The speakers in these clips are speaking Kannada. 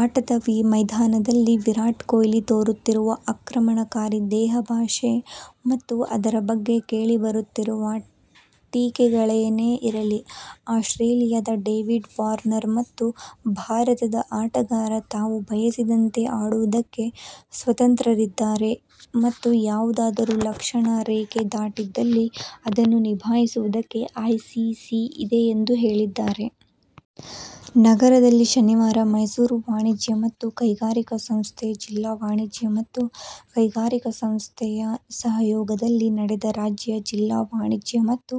ಆಟದ ಮೈದಾನದಲ್ಲಿ ವಿರಾಟ್ ಕೊಹ್ಲಿ ತೋರುತ್ತಿರುವ ಆಕ್ರಮಣಕಾರಿ ದೇಹಭಾಷೆ ಮತ್ತು ಅದರ ಬಗ್ಗೆ ಕೇಳಿಬರುತ್ತಿರುವ ಟೀಕೆಗಳೇನೇ ಇರಲಿ, ಆಸ್ಟ್ರೇಲಿಯದ ಡೇವಿಡ್ ವಾರ್ನರ್ ಅವರು ಭಾರತದ ಆಟಗಾರ ತಾವು ಬಯಸಿದಂತೆ ಆಡುವುದಕ್ಕೆ ಸ್ವತಂತ್ರರಿದ್ದಾರೆ ಮತ್ತು ಯಾರಾದರೂ ಲಕ್ಷ್ಮಣ ರೇಖೆ ದಾಟಿದಲ್ಲಿ ಅದನ್ನು ನಿಭಾಯಿಸುವುದಕ್ಕೆ ಐಸಿಸಿ ಇದೆ ಎಂದು ಹೇಳಿದ್ದಾರೆ. ನಗರದಲ್ಲಿ ಶನಿವಾರ ಮೈಸೂರು ವಾಣಿಜ್ಯ ಮತ್ತು ಕೈಗಾರಿಕಾ ಸಂಸ್ಥೆ, ಜಿಲ್ಲಾ ವಾಣಿಜ್ಯ ಮತ್ತು ಕೈಗಾರಿಕಾ ಸಂಸ್ಥೆಯ ಸಹಯೋಗದಲ್ಲಿ ನಡೆದ ರಾಜ್ಯ ಜಿಲ್ಲಾ ವಾಣಿಜ್ಯ ಮತ್ತು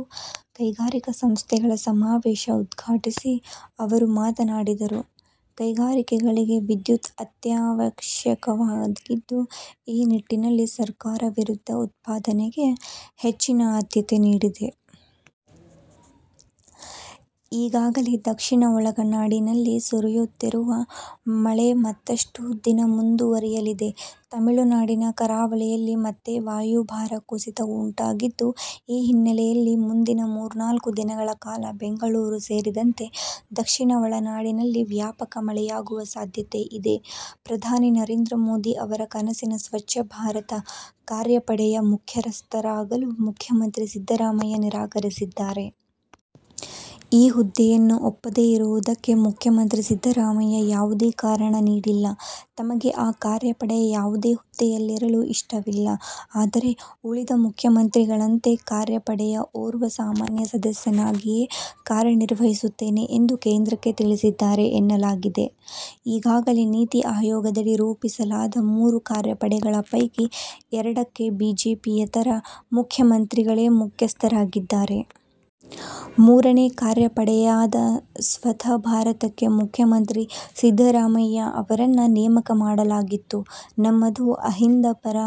ಕೈಗಾರಿಕಾ ಸಂಸ್ಥೆಗಳ ಸಮಾವೇಶ ಉದ್ಘಾಟಿಸಿ ಅವರು ಮಾತನಾಡಿದರು. ಕೈಗಾರಿಕೆಗಳಿಗೆ ವಿದ್ಯುತ್ ಅತ್ಯಾವಶ್ಯಕವಾಗಿದ್ದು, ಈ ನಿಟ್ಟಿನಲ್ಲಿ ಸರ್ಕಾರ ವಿದ್ಯುತ್ ಉತ್ಪಾದನೆಗೆ ಹೆಚ್ಚಿನ ಆದ್ಯತೆ ನೀಡಿದೆ. ಈಗಾಗಲೇ ದಕ್ಷಿಣ ಒಳನಾಡಿನಲ್ಲಿ ಸುರಿಯುತ್ತಿರುವ ಮಳೆ ಮತ್ತಷ್ಟು ದಿನಮುಂದುವರಿಯಲಿದೆ. ತಮಿಳುನಾಡಿನ ಕರಾವಳಿಯಲ್ಲಿ ಮತ್ತೆ ವಾಯುಭಾರ ಕುಸಿತ ಉಂಟಾಗಿದ್ದು, ಈ ಹಿನ್ನೆಲೆಯಲ್ಲಿ ಮುಂದಿನ ಮೂರ್ನಾಲ್ಕು ದಿನಗಳ ಕಾಲ ಬೆಂಗಳೂರು ಸೇರಿದಂತೆ ದಕ್ಷಿಣ ಒಳನಾಡಿನಲ್ಲಿ ವ್ಯಾಪಕ ಮಳೆಯಾಗುವ ಸಾಧ್ಯತೆ ಇದೆ. ಪ್ರಧಾನಿ ನರೇಂದ್ರ ಮೋದಿ ಅವರ ಕನಸಿನ 'ಸ್ವಚ್ಛ ಭಾರತ ಕಾರ್ಯಪಡೆ'ಯ ಮುಖ್ಯಸ್ಥರಾಗಲು ಮುಖ್ಯಮಂತ್ರಿ ಸಿದ್ದರಾಮಯ್ಯ ನಿರಾಕರಿಸಿದ್ದಾರೆ. ಈಹುದ್ದೆಯನ್ನು ಒಪ್ಪದೇ ಇರುವುದಕ್ಕೆ ಮುಖ್ಯಮಂತ್ರಿ ಸಿದ್ದರಾಮಯ್ಯ ಯಾವುದೇ ಕಾರಣ ನೀಡಿಲ್ಲ. ತಮಗೆ ಆ ಕಾರ್ಯಪಡೆಯ ಯಾವುದೇ ಹುದ್ದೆಯಲ್ಲಿರಲು ಇಷ್ಟವಿಲ್ಲ. ಆದರೆ, ಉಳಿದ ಮುಖ್ಯಮಂತ್ರಿಗಳಂತೆ ಕಾರ್ಯಪಡೆಯ ಓರ್ವ ಸಾಮಾನ್ಯ ಸದಸ್ಯನಾಗಿಯೇ ಕಾರ್ಯನಿರ್ವಹಿಸುತ್ತೇನೆ ಎಂದು ಕೇಂದ್ರಕ್ಕೆ ತಿಳಿಸಿದ್ದಾರೆ ಎನ್ನಲಾಗಿದೆ. ಈಗಾಗಲೇ ನೀತಿ ಆಯೋಗದಡಿ ರೂಪಿಸಲಾದ ಮೂರು ಕಾರ್ಯಪಡೆಗಳ ಪೈಕಿ ಎರಡಕ್ಕೆ ಬಿಜೆಪಿಯೇತರಮುಖ್ಯಮಂತ್ರಿಗಳೇ ಮುಖ್ಯಸ್ಥರಾಗಿದ್ದಾರೆ. ಮೂರನೇ ಕಾರ್ಯಪಡೆಯಾದ ಸ್ವತ್ಛ ಭಾರತಕ್ಕೆ ಮುಖ್ಯಮಂತ್ರಿ ಸಿದ್ದರಾಮಯ್ಯ ಅವರನ್ನು ನೇಮಕ ಮಾಡಲಾಗಿತ್ತು. "ನಮ್ಮದು ಅಹಿಂದ ಪರ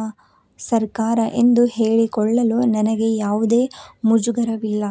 ಸರ್ಕಾರ ಎಂದು ಹೇಳಿಕೊಳ್ಳಲು ನನಗೆ ಯಾವುದೇ ಮುಜುಗರವಿಲ್ಲ.